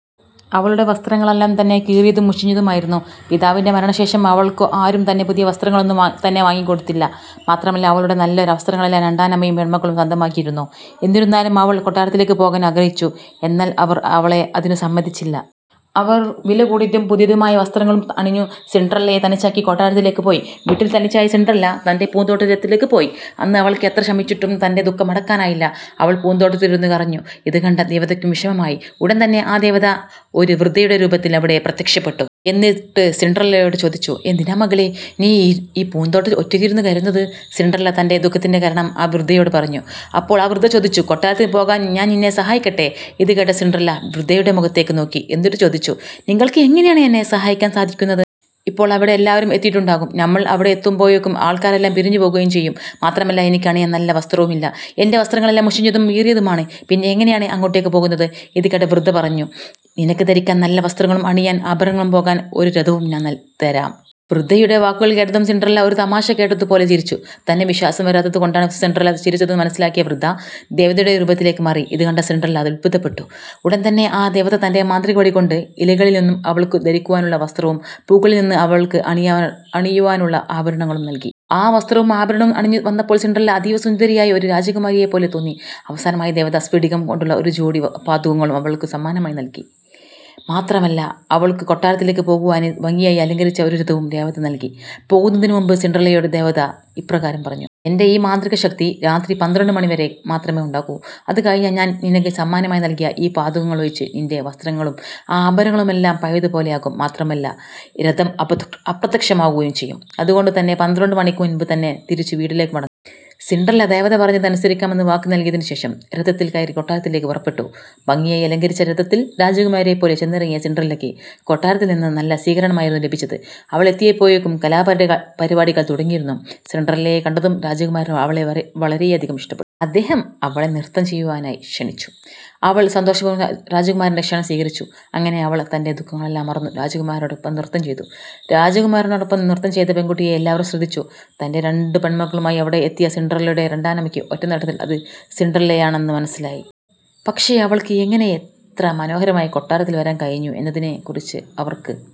അവളുടെ വസ്ത്രങ്ങളെല്ലാം തന്നെ കീറിയതും മുഷിഞ്ഞതും ആയിരുന്നു. പിതാവിന്റെ മരണശേഷം അവൾക്കു ആരും തന്നെ പുതിയ വസ്ത്രങ്ങളൊന്നും തന്നെ വാങ്ങി കൊടുത്തിരുന്നില്ല. മാത്രമല്ല അവളുടെ നല്ല വസ്ത്രങ്ങളെല്ലാം രണ്ടാനമ്മയും പെൺമക്കളും സ്വന്തമാക്കിയിരുന്നു. എന്നിരുന്നാലും അവൾ കൊട്ടാരത്തിലേക്കു പോകാൻ ആഗ്രഹിച്ചു. എന്നാൽ അവർ അവളെ അതിനു സമ്മതിച്ചില്ല. അവർ വിലകൂടിയതും പുതിയതുമായ വസ്ത്രങ്ങളും അണിഞ്ഞു സിൻഡ്രല്ലയെ തനിച്ചാക്കി കൊട്ടാരത്തിലേക്കു പോയി. വീട്ടിൽ തനിച്ചായ സിൻഡ്രല്ല തന്റെ പൂന്തോട്ടത്തിലേക്ക് പോയി. അന്ന് അവൾക്ക് എത്ര ശ്രമിച്ചിട്ടും തന്റെ ദുഃഖം അടക്കാനായില്ല. അവൾ പൂന്തോട്ടത്തിലിരുന്നു പൊട്ടിക്കരഞ്ഞു. ഇതു കണ്ട ദേവതയ്ക്കും വിഷമമായി. ഉടൻതന്നെ ആ ദേവത ഒരു വൃദ്ധയുടെ രൂപത്തിൽ അവിടെ പ്രത്യക്ഷപ്പെട്ടു. എന്നിട്ട് സിൻഡ്രല്ലയോട് ചോദിച്ചു "എന്തിനാ മകളെ നീ ഈ പൂന്തോട്ടത്തിൽ ഒറ്റയ്ക്കിരുന്നു കരയുന്നത്? " സിൻഡ്രല്ല തന്റെ ദുഖത്തിന്റെ കാരണം ആ വൃദ്ധയോട് പറഞ്ഞു. അപ്പോൾ വൃദ്ധ ചോദിച്ചു "കൊട്ടാരത്തിൽ പോകാൻ ഞാൻ നിന്നെ സഹായിക്കട്ടെ. " ഇതുകേട്ട സിൻഡ്രല്ല വൃദ്ധയുടെ മുഖത്തേക്ക് നോക്കി. എന്നിട്ട് ചോദിച്ചു "നിങ്ങൾക്ക് എങ്ങനെയാണ് എന്നെ സഹായിക്കാൻ സാധിക്കുന്നത്? ഇപ്പോൾ അവിടെ എല്ലാവരും എത്തിയിട്ടുണ്ടാകും. നമ്മൾ അവിടെ എത്തുമ്പോഴേക്കും ആൾക്കാരെല്ലാം പിരിഞ്ഞു പോകുകയും ചെയ്യും. മാത്രമല്ല എനിക്ക് അണിയാൻ നല്ല വസ്ത്രവും ഇല്ല. എന്റെ വസ്ത്രങ്ങളെല്ലാം മുഷിഞ്ഞതും കീറിയതുമാണ്. പിന്നെ എങ്ങനെയാണ് അങ്ങോട്ടേക്ക് പോകുന്നത്? " ഇതുകേട്ട വൃദ്ധ പറഞ്ഞു "നിനക്ക് ധരിക്കാൻ നല്ല വസ്ത്രങ്ങളും അണിയാൻ ആഭരണങ്ങളും പോകാൻ ഒരു രഥവും ഞാൻ തരാം. " വൃദ്ധയുടെ വാക്കുകൾ കേട്ടതും സിൻഡ്രല്ല ഒരു തമാശ കേട്ടതു പോലെ ചിരിച്ചു. തന്നെ വിശ്വാസം വരാത്തത് കൊണ്ടാണ് സിൻഡ്രല്ല ചിരിച്ചതെന്നു മനസ്സിലായ വൃദ്ധ ദേവതയുടെ രൂപത്തിലേക്ക് മാറി. ഇതുകണ്ട സിൻഡ്രല്ല അത്ഭുതപ്പെട്ടു. ഉടൻ തന്നെ ആ ദേവത തന്റെ മാന്ത്രിക വടി കൊണ്ട് ഇലകളിൽ നിന്നും അവൾക്കു ധരിക്കുവാനുള്ള വസ്ത്രവും പൂക്കളിൽനിന്ന് അവൾക്ക് അണിയുവാനുള്ള ആഭരണങ്ങളും നൽകി. ആ വസ്ത്രവും ആഭരണവും അണിഞ്ഞു വന്നപ്പോൾ സിൻഡ്രല്ല അതീവ സുന്ദരിയായ ഒരു രാജകുമാരിയെ പോലെ തോന്നി. അവസാനമായി ദേവത സ്ഫടികം കൊണ്ടുള്ള ഒരു ജോടി പാദുകങ്ങളും അവൾക്കു സമ്മാനമായി നൽകി. മാത്രമല്ല അവൾക്കു കൊട്ടാരത്തിലേക്കു പോകുവാനായി ഭംഗിയായി അലങ്കരിച്ച ഒരു രഥവും ദേവത നൽകി. പോകുന്നതിനു മുൻപ് സിൻഡ്രല്ലയോട് ദേവത ഇപ്രകാരം പറഞ്ഞു. "എന്റെ ഈ മാന്ത്രിക ശക്തി രാത്രി പന്ത്രണ്ടു മണി വരെ മാത്രമേ ഉണ്ടാകൂ. അതു കഴിഞ്ഞാൽ ഞാൻ നിനക്ക് സമ്മാനമായി നൽകിയ ഈ പാദുകങ്ങൾ ഒഴിച്ച് നിന്റെ വസ്ത്രങ്ങളും ആഭരണങ്ങളുമെല്ലാം പഴയതു പോലെ ആകും. മാത്രമല്ല രഥം അപ്രത്യക്ഷമാകുകയും ചെയ്യും. അതുകൊണ്ടു തന്നെ പന്ത്രണ്ടു മണിക്ക് മുൻപ് തന്നെ തിരിച്ചു വീട്ടിലേക്കു മടങ്ങണം. " സിൻഡ്രല്ല ദേവത പറഞ്ഞത് അനുസരിക്കാമെന്നു വാക്ക് നൽകിയതിനു ശേഷം രഥത്തിൽ കയറി കൊട്ടാരത്തിലേക്കു പുറപ്പെട്ടു. ഭംഗിയായി അലങ്കരിച്ച രഥത്തിൽ രാജകുമാരിയെ പോലെ ചെന്നിറങ്ങിയ സിൻഡ്രല്ലയ്ക്ക് കൊട്ടാരത്തിൽ നിന്ന് നല്ല സ്വീകരണം ആയിരുന്നു ലഭിച്ചത്. അവൾ എത്തിയപ്പോഴേക്കും കലാപരിപാടികൾ തുടങ്ങിയിരുന്നു. സിൻഡ്രല്ലയെ കണ്ടതും രാജകുമാരനു അവളെ വളരെയധികം ഇഷ്ടപ്പെട്ടു. അദ്ദേഹം അവളെ നൃത്തം ചെയ്യുവാനായി ക്ഷണിച്ചു. അവൾ സന്തോഷപൂർവം രാജകുമാരന്റെ ക്ഷണം സ്വീകരിച്ചു. അങ്ങനെ അവൾ തന്റെ ദുഖങ്ങളെല്ലാം മറന്നു രാജകുമാരനോടൊപ്പം നൃത്തം ചെയ്തു. രാജകുമാരനോടൊപ്പം നൃത്തം ചെയ്ത പെൺകുട്ടിയെ എല്ലാവരും ശ്രദ്ധിച്ചു. തന്റെ രണ്ടു പെണ്മക്കളുമായി അവിടെ എത്തിയ സിൻഡ്രല്ലയുടെ രണ്ടാനമ്മയ്ക്ക് ഒറ്റ നോട്ടത്തിൽ തന്നെ അത് സിൻഡ്രല്ലയാണെന്നു മനസ്സിലായി. പക്ഷെ അവൾക്ക് എങ്ങനെ ഇത്ര മനോഹരമായി കൊട്ടാരത്തിൽ വരാൻ കഴിഞ്ഞു എന്നതിനെ ക്കുറിച്ച് അവർക്ക്